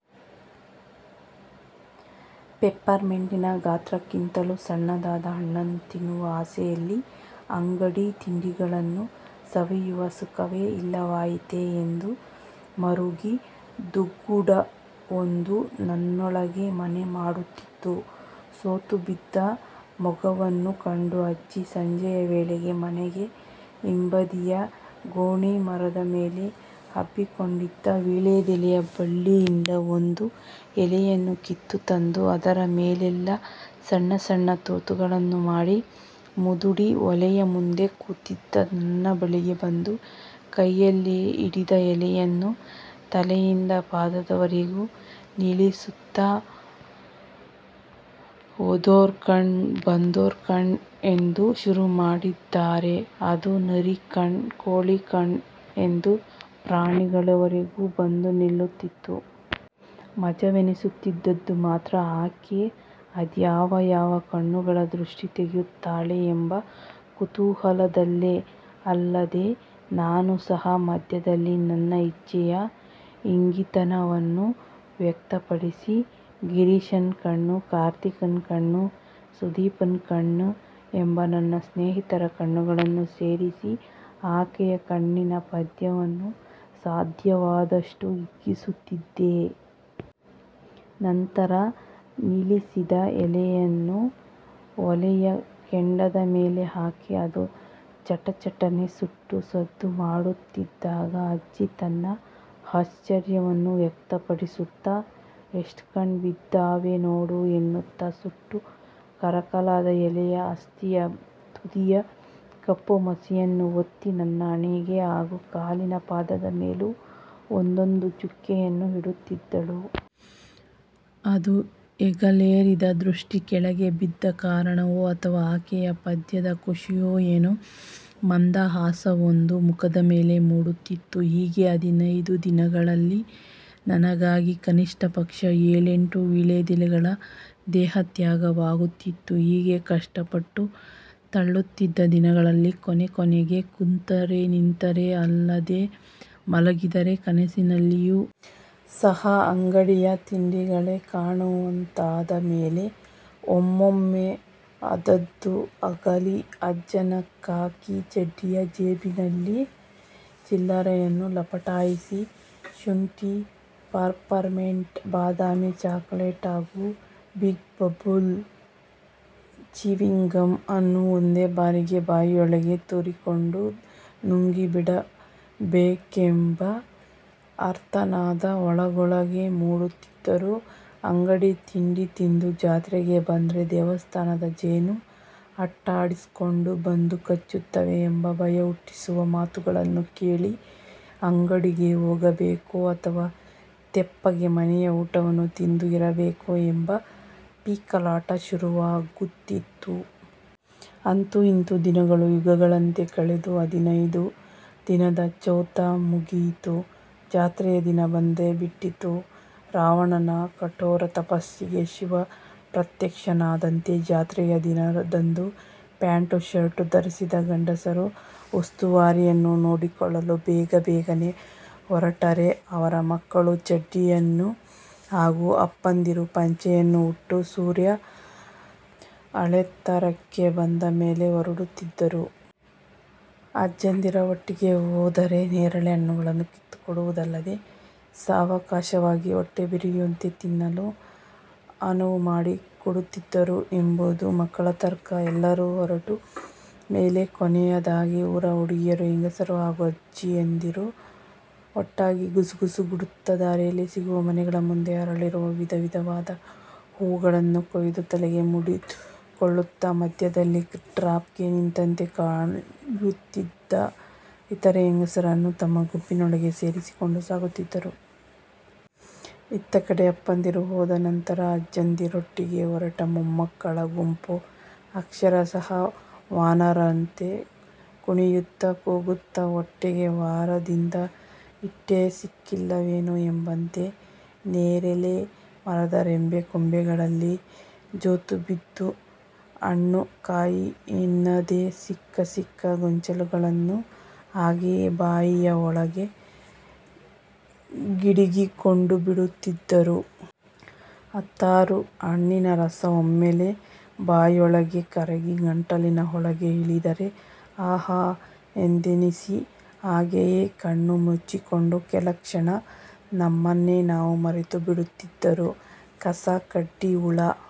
ಪೆಪ್ಪೆರ್ಮೆಂಟಿನ ಗಾತ್ರಕ್ಕಿಂತಲೂ ಸಣ್ಣದಾದಾ ಹಣ್ಣನು ತಿನ್ನುವ ಆಸೆಯಲ್ಲಿ ಅಂಗಡಿ ತಿಂಡಿಗಳನ್ನು ಸವಿಯುವ ಸುಖವೇ ಇಲ್ಲವಾಯಿತೆ' ಎಂದು ಮರುಗಿ ಧುಗುಡವೊಂದು ನನ್ನೊಳಗೆ ಮನೆಮಾಡುತಿತ್ತು. ಸೋತು ಬಿದ್ದ ಮೊಗವನ್ನು ಕಂಡು ಅಜ್ಜಿ, ಸಂಜೆಯ ವೇಳೆಗೆ ಮನೆಯ ಹಿಂಬದಿಯ ಗೋಣಿಮರದ ಮೇಲೆ ಹಬ್ಬಿಕೊಂಡಿದ್ದ ವೀಳೇದೆಲೆಯ ಬಳ್ಳಿಯಿಂದ ಒಂದು ಎಲೆಯನ್ನು ಕಿತ್ತು ತಂದು ಅದರ ಮೇಲೆಲ್ಲಾ ಸಣ್ಣ ಸಣ್ಣ ತೂತುಗಳನ್ನು ಮಾಡಿ, ಮುದುಡಿ ಒಲೆಯ ಮುಂದೆ ಕೂತಿದ್ದ ನನ್ನ ಬಳಿಗೆ ಬಂದು, ಕೈಯಲ್ಲಿ ಹಿಡಿದ ಎಲೆಯನ್ನು ತಲೆಯಿಂದ ಪಾದದವರೆಗೂ ನೀಳಿಸುತ್ತಾ 'ಹೋದೋರ್ ಕಣ್ಣ್, ಬಂದೋರ್ ಕಣ್ಣ್,' ಎಂದು ಶುರುಮಾಡಿದರೆ ಅದು 'ನರಿ ಕಣ್ಣ್, ಕೋಳಿ ಕಣ್ಣ್' ಎಂದು ಪ್ರಾಣಿಗಳವೆರೆಗೂ ಬಂದು ನಿಲ್ಲುತಿತ್ತು. ಮಜವೆನ್ನಿಸುತಿದ್ದದ್ದು ಮಾತ್ರ ಆಕೆ ಅದ್ಯಾವ ಯಾವ ಕಣ್ಣುಗಳ ದೃಷ್ಟಿ ತೆಗೆಯುತ್ತಾಳೆ ಎಂಬ ಕುತೂಹಲದಲ್ಲೇ. ಅಲ್ಲದೆ ನಾನು ಸಹ ಮದ್ಯದಲ್ಲಿ ನನ್ನ ಇಚ್ಛೆಯ ಇಂಗಿತವನ್ನು ವ್ಯಕ್ತಪಡಿಸಿ 'ಗಿರೀಶನ ಕಣ್ಣ್, ಕಾರ್ತಿಕನ ಕಣ್ಣ್, ಸಂದೀಪನ ಕಣ್ಣ್' ಎಂಬ ನನ್ನ ಸ್ನೇಹಿತರ ಕಣ್ಣುಗಳನ್ನೂ ಸೇರಿಸಿ ಆಕೆಯ ಕಣ್ಣಿನ ಪದ್ಯವನ್ನು ಸಾಧ್ಯವಾದಷ್ಟು ಹಿಗ್ಗಿಸುತ್ತಿದ್ದೆ. ನಂತರ ನೀಳಿಸಿದ ಎಲೆಯನ್ನು ಒಲೆಯ ಕೆಂಡದ ಮೇಲೆ ಹಾಕಿ ಅದು ಚಟ ಚಟನೆ ಸುಟ್ಟು ಸದ್ದುಮಾಡುತಿದ್ದಾಗ ಅಜ್ಜಿ ತನ್ನ ಆಶ್ಚರ್ಯವನ್ನು ವ್ಯಕ್ತಪಡಿಸುತ್ತಾ 'ಎಷ್ಟ್ ಕಣ್ಣ್ ಬಿದ್ದಿದಾವೆ ನೋಡು' ಎನ್ನುತ ಸುಟ್ಟು ಕರಕಲಾಗ ಎಲೆಯ ಅಸ್ತಿಯ ತುದಿಯ ಕಪ್ಪು ಮಸಿಯನ್ನು ಒತ್ತಿ ನನ್ನ ಹಣೆಯ ಹಾಗು ಕಾಲಿನ ಪಾದದ ಮೇಲೂ ಒಂದೊಂದು ಚುಕ್ಕೆಯನ್ನು ಹಿಡುತಿದ್ದಳು. ಅದು ಹೆಗಲೇರಿದ ದೃಷ್ಟಿ ಕೆಳಗೆ ಬಿದ್ದ ಕಾರಣವೋ ಅಥವಾ ಆಕೆಯ ಪದ್ಯದ ಖುಷಿಯೋ ಏನೋ ಮಂದಹಾಸವೊಂದು ಮುಖದ ಮೇಲೆ ಮೂಡುತಿತ್ತು. ಹೀಗೆ ಹದಿನೈದು ದಿನಗಳಲ್ಲಿ ನನಗಾಗಿ ಕನಿಷ್ಠಪಕ್ಷ ಏಳೆಂಟು ವೀಳೇದೆಲೆಗಳ ದೇಹತ್ಯಾಗವಾಗುತಿತ್ತು. ಹೀಗೆ ಕಷ್ಟಪಟ್ಟು ತಳ್ಳುತ್ತಿದ್ದ ದಿನಗಳಲ್ಲಿ ಕೊನೆಕೊನೆಗೆ ಕುಂತರೆ, ನಿಂತರೆ, ಅಲ್ಲದೆ ಮಲಗಿದರೆ ಕನಸ್ಸಿನಲ್ಲಿಯೂ ಸಹ ಅಂಗಡಿಯ ತಿಂಡಿಗಳೇ ಕಾಣುವಂತಾದ ಮೇಲೆ ಒಮ್ಮೊಮ್ಮೆ ಆದದ್ದು ಆಗಲಿ ಅಜ್ಜನ ಖಾಕಿ ಚಡ್ಡಿಯ ಜೇಬಿನಿಂದ ಚಿಲ್ಲರೆಯನ್ನು ಲಪಟಾಯಿಸಿ ಶುಂಠಿ ಪಾಪೆರ್ಮೆನ್ಟ್, ಬಾದಾಮಿ ಚಾಕಲೇಟು ಹಾಗು ಬಿಗ್ ಬಬೂಲ್ ಚೀವಿಂಗ್ ಗಮ್ ಅನ್ನು ಒಂದೇ ಬಾರಿಗೆ ಬಾಯಿಯೊಳಗೆ ತೂರಿಕೊಂಡು ನುಂಗಿಬಿಡಬೇಕೆಂಬ ಆರ್ತನಾದ ಒಳಗೊಳಗೇ ಮೂಡುತಿದ್ದರೂ 'ಅಂಗಡಿ ತಿಂಡಿ ತಿಂದು ಜಾತ್ರೆಗೆ ಬಂದ್ರೆ ದೇವಸ್ಥಾನದ ಜೇನು ಅಟ್ಟಾಡಿಸ್ಕೊಂಡು ಬಂದು ಕಚ್ಚುತ್ತವೆ' ಎಂಬ ಭಯಹುಟ್ಟಿಸುವ ಮಾತುಗಳನ್ನು ಕೇಳಿ ಅಂಗಡಿಗೆ ಹೋಗಬೇಕೋ ಅಥವಾ ತೆಪ್ಪಗೆ ಮನೆಯ ಊಟವನ್ನು ತಿಂದು ಇರಬೇಕೋ ಎಂಬ ಪೀಕಲಾಟ ಶುರುವಾಗುತ್ತಿತ್ತು. ಅಂತೂ ಇಂತೂ ದಿನಗಳು ಯುಗಗಳಂತೆ ಕಳೆದು ಹದಿನೈದು ದಿನದ ಚೌತ ಮುಗಿದು ಜಾತ್ರೆಯ ದಿನ ಬಂದೇ ಬಿಡುತಿತ್ತು. ರಾವಣನ ಕಠೋರ ತಪಸ್ಸಿಗೆ ಶಿವ ಪ್ರತ್ಯಕ್ಷನಾದದಂತೆ. ಜಾತ್ರೆಯ ದಿನದಂದು ಪ್ಯಾಂಟು ಶರ್ಟು ಧರಿಸಿದ ಗಂಡಸರು ಉಸ್ತುವಾರಿಯನ್ನು ನೋಡಿಕೊಳ್ಳಲು ಬೇಗ ಬೇಗನೆ ಹೊರಟರೆ ಅವರ ಮಕ್ಕಳು ಚಡ್ಡಿಯನ್ನು ಹಾಗು ಅಪ್ಪಂದಿರು ಪಂಚೆಯನ್ನು ಉಟ್ಟು ಸೂರ್ಯ ಆಳೆತ್ತರಕ್ಕೆ ಬಂದ ಮೇಲೆ ಹೊರಡುತ್ತಿದ್ದರು. ಅಜ್ಜಂದಿರ ಒಟ್ಟಿಗೆ ಹೋದರೆ ನೇರಳೆ ಹಣ್ಣನ್ನು ಕಿತ್ತು ಕೊಡುವುದಲ್ಲದೆ ಸಾವಕಾಶವಾಗಿ ಹೊಟ್ಟೆ ಬಿರಿಯುವಂತೆ ತಿನ್ನಲು ಅನುವು ಮಾಡಿಕೊಡುತಿದ್ದರು ಎಂಬುದು ಮಕ್ಕಳ ತರ್ಕ. ಎಲ್ಲರು ಹೊರಟ ಮೇಲೆ ಕೊನೆಯದಾಗಿ ಊರ ಹುಡುಗಿಯರು, ಹೆಂಗಸರು ಹಾಗು ಅಜ್ಜಿಯಂದಿರು ಒಟ್ಟಾಗಿ ಗುಸು ಗುಸು ಗುಡುತ್ತಾ ದಾರಿಯಲ್ಲಿ ಸಿಗುವ ಮನೆಗಳ ಮುಂದೆ ಅರಳಿರುವ ವಿಧ ವಿಧವಾದ ಹೂವುಗಳನ್ನು ಕೂಯ್ದು ತಲೆಗೆ ಮುಡಿದುಕೊಳ್ಳುತ್ತಾ, ಮದ್ಯದಲ್ಲಿ ಡ್ರಾಪ್ ಗೆ ನಿಂತಂತೆ ಕಾಯುತ್ತಿದ್ದ ಇತರ ಹೆಂಗಸರನ್ನೂ ತಮ್ಮ ಗುಂಪಿನೊಳಗೆ ಸೇರಿಸಿಕೊಂಡು ಸಾಗುತಿದ್ದರು. ಇತ್ತ ಕಡೆ ಅಪ್ಪಂದಿರು ಹೋದ ನಂತರ ಅಜ್ಜಂದಿರೊಟ್ಟಿಗೆ ಹೊರಟ ಮೊಮ್ಮಕಳ ಗುಂಪು ಅಕ್ಷರ ಸಹ ವಾನರರಂತೆ ಕುಣಿಯುತ್ತಾ, ಕೂಗುತ್ತ, ಹೊಟ್ಟೆಗೆ ವಾರದಿಂದ ಹಿಟ್ಟೇ ಸಿಕ್ಕಿಲ್ಲವೇನೋ ಎಂಬಂತೆ ನೆರೆಲೆ ಮರದ ರೆಂಬೆ ಕೊಂಬೆ ಗಳಲ್ಲಿ ಜೋತುಬಿದ್ದು ಹಣ್ಣು, ಕಾಯಿ ಎನ್ನದೆ ಸಿಕ್ಕ ಸಿಕ್ಕ ಗೊಂಚಲನ್ನು ಹಾಗೆಯೆ ಬಾಯಿಯ ಒಳಗೆ ಗಿಡುಗಿಕೊಂಡುಬಿಡುತ್ತಿದ್ದರು. ಹತ್ತಾರು ಹಣ್ಣಿನ ರಸ ಒಮ್ಮೆಲೇ ಬಾಯೊಳಗೆ ಕರಗಿ ಗಂಟಲಿನ ಒಳಗೆ ಇಳಿದರೆ ಆಹಾ! ಎಂದನಿಸಿ ಹಾಗೆಯೆ ಕಣ್ಣು ಮುಚ್ಚಿಕೊಂಡು ಕೆಲ ಕ್ಷಣ ನಮ್ಮನ್ನೇ ನಾವು ಮರೆತುಬಿಡುತ್ತಿದ್ದರು.'ಕಸ-ಕಡ್ಡಿ, ಉಳ